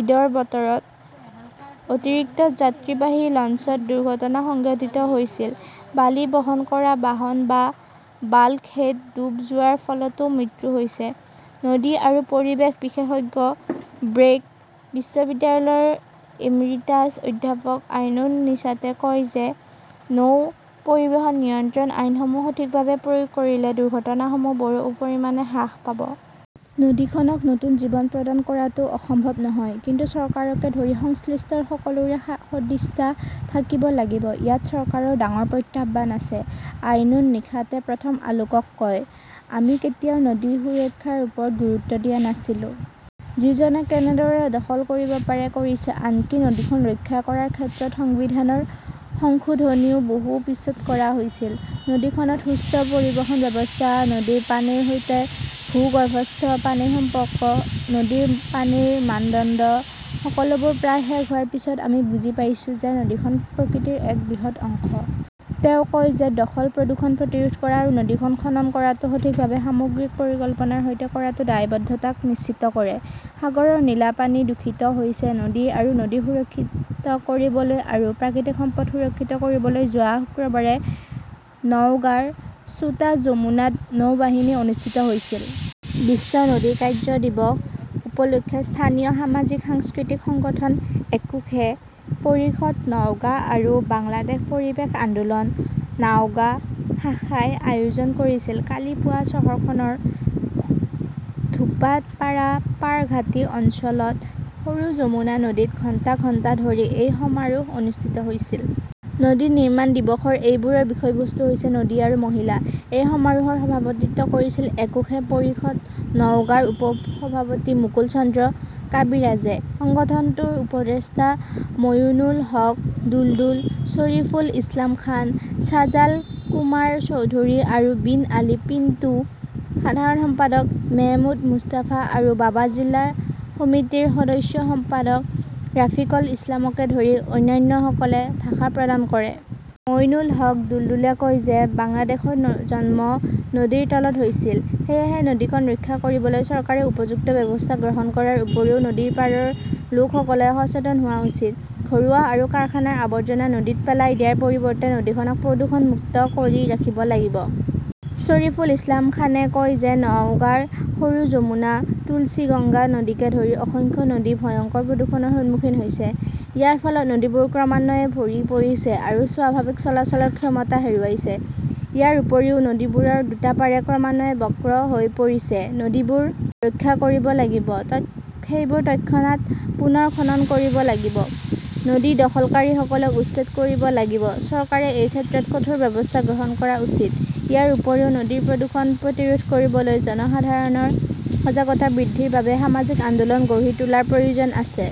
ঈদৰ বতৰত অতিৰিক্ত যাত্ৰীবাহী লঞ্চত দুৰ্ঘটনা সংঘটিত হৈছিল। বালি বহন কৰা বাহন বা বাল্কহেড ডুব যোৱাৰ ফলতও মৃত্যু হৈছে। নদী আৰু পৰিৱেশ বিশেষজ্ঞ ব্ৰেক বিশ্ববিদ্যালয়ৰ এমিৰিটাছ অধ্যাপক আইনুন নিশাতে কয় যে নৌ পৰিবহণ নিয়ন্ত্ৰণ আইনসমূহ সঠিকভাৱে প্ৰয়োগ কৰিলে দুৰ্ঘটনাসমূহ বহু পৰিমাণে হ্ৰাস পাব। নদীখনক নতুন জীৱন প্ৰদান কৰাটোও অসম্ভৱ নহয়। কিন্তু চৰকাৰকে ধৰি সংশ্লিষ্ট সকলোৰে সদিচ্ছা থাকিব লাগিব। ইয়াত চৰকাৰৰ ডাঙৰ প্ৰত্যাহ্বান আছে। আইনুন নিশাতে প্ৰথম আলোকক কয়, আমি কেতিয়াও নদী সুৰক্ষাৰ ওপৰত গুৰুত্ব দিয়া নাছিলো। যিজনে কেনেদৰে দখল কৰিব পাৰে, কৰিছে। আনকি নদীখন ৰক্ষা কৰাৰ ক্ষেত্ৰত সংবিধানৰ সংশোধনীও বহু পিছত কৰা হৈছিল। নদীখনত সুস্থ পৰিবহণ ব্যৱস্থা, নদীৰ পানীৰ সৈতে ভূগৰ্ভস্থ পানীৰ সম্পৰ্ক, নদীৰ পানীৰ মানদণ্ড সকলোবোৰ প্ৰায় শেষ হোৱাৰ পিছত আমি বুজি পাইছো যে নদীখন প্ৰকৃতিৰ এক বৃহৎ অংশ। তেওঁ কয় যে, দখল-প্ৰদূষণ প্ৰতিৰোধ কৰা আৰু নদীখন খনন কৰাটো সঠিকভাৱে সামগ্ৰিক পৰিকল্পনাৰ সৈতে কৰাটো দায়বদ্ধতাক নিশ্চিত কৰে। সাগৰৰ নীলা পানী দূষিত হৈছে নদী আৰু নদী সুৰক্ষিত কৰিবলৈ আৰু প্ৰাকৃতিক সম্পদ সুৰক্ষিত কৰিবলৈ যোৱা শুক্ৰবাৰে নওগাঁৰ ছোটা যমুনাত নৌবাহিনী অনুষ্ঠিত হৈছিল। বিশ্ব নদী কাৰ্য্য দিৱস উপলক্ষে স্থানীয় সামাজিক-সাংস্কৃতিক সংগঠন একুশে পৰিষদ নওগাঁ আৰু বাংলাদেশ পৰিৱেশ আন্দোলন নাওগাঁ শাখাই আয়োজন কৰিছিল। কালি পুৱা চহৰখনৰ ধোপাপাৰা পাৰঘাটি অঞ্চলত সৰু যমুনা নদীত ঘণ্টা ঘণ্টা ধৰি এই সমাৰোহ অনুষ্ঠিত হৈছিল। নদী নিৰ্মাণ দিৱসৰ এইবাৰৰ বিষয়বস্তু হৈছে 'নদী আৰু মহিলা "। এই সমাৰোহৰ সভাপতিত্ব কৰিছিল একুশে পৰিষদ নওগাঁৰ উপ-সভাপতি মুকুল চন্দ্ৰ কাবিৰাজে। সংগঠনটোৰ উপদেষ্টা ময়োনুল হক দুলদুল, শ্বৰিফুল ইছলাম খান, ছাজাল কুমাৰ চৌধুৰী আৰু বিন আলী পিণ্টু, সাধাৰণ সম্পাদক মেহমুদ মুস্তাফা আৰু বাবা জিলা সমিতিৰ সদস্য সম্পাদক ৰাফিকল ইছলামকে ধৰি অন্যান্যসকলে ভাষণ প্ৰদান কৰে। মইনুল হক দুলদুলে কয় যে, বাংলাদেশৰ জন্ম নদীৰ তলত হৈছিল। সেয়েহে নদীখন ৰক্ষা কৰিবলৈ চৰকাৰে উপযুক্ত ব্যৱস্থা গ্ৰহণ কৰাৰ উপৰিও নদীৰ পাৰৰ লোকসকলে সচেতন হোৱা উচিত। ঘৰুৱা আৰু কাৰখানাৰ আৱৰ্জনা নদীত পেলাই দিয়াৰ পৰিৱৰ্তে নদীখনক প্ৰদূষণমুক্ত কৰি ৰাখিব লাগিব। শ্বৰিফুল ইছলাম খানে কয় যে, নওগাঁৰ সৰু যমুনা, তুলসীগংগা নদীকে ধৰি অসংখ্য নদী ভয়ংকৰ প্ৰদূষণৰ সন্মুখীন হৈছে। ইয়াৰ ফলত নদীবোৰ ক্ৰমান্বয়ে ভৰি পৰিছে আৰু স্বাভাৱিক চলাচলৰ ক্ষমতা হেৰুৱাইছে। ইয়াৰ উপৰিও নদীবোৰৰ দুটা পাৰে ক্ৰমান্বয়ে বক্ৰ হৈ পৰিছে। নদীবোৰ ৰক্ষা কৰিব লাগিব। সেইবোৰ তৎক্ষণাত পুনৰ খনন কৰিব লাগিব। নদী দখলকাৰীসকলক উচ্ছেদ কৰিব লাগিব। চৰকাৰে এই ক্ষেত্ৰত কঠোৰ ব্যৱস্থা গ্ৰহণ কৰা উচিত। ইয়াৰ উপৰিও নদীৰ প্ৰদূষণ প্ৰতিৰোধ কৰিবলৈ জনসাধাৰণৰ সজাগতা বৃদ্ধিৰ বাবে সামাজিক আন্দোলন গঢ়ি তোলাৰ প্ৰয়োজন আছে।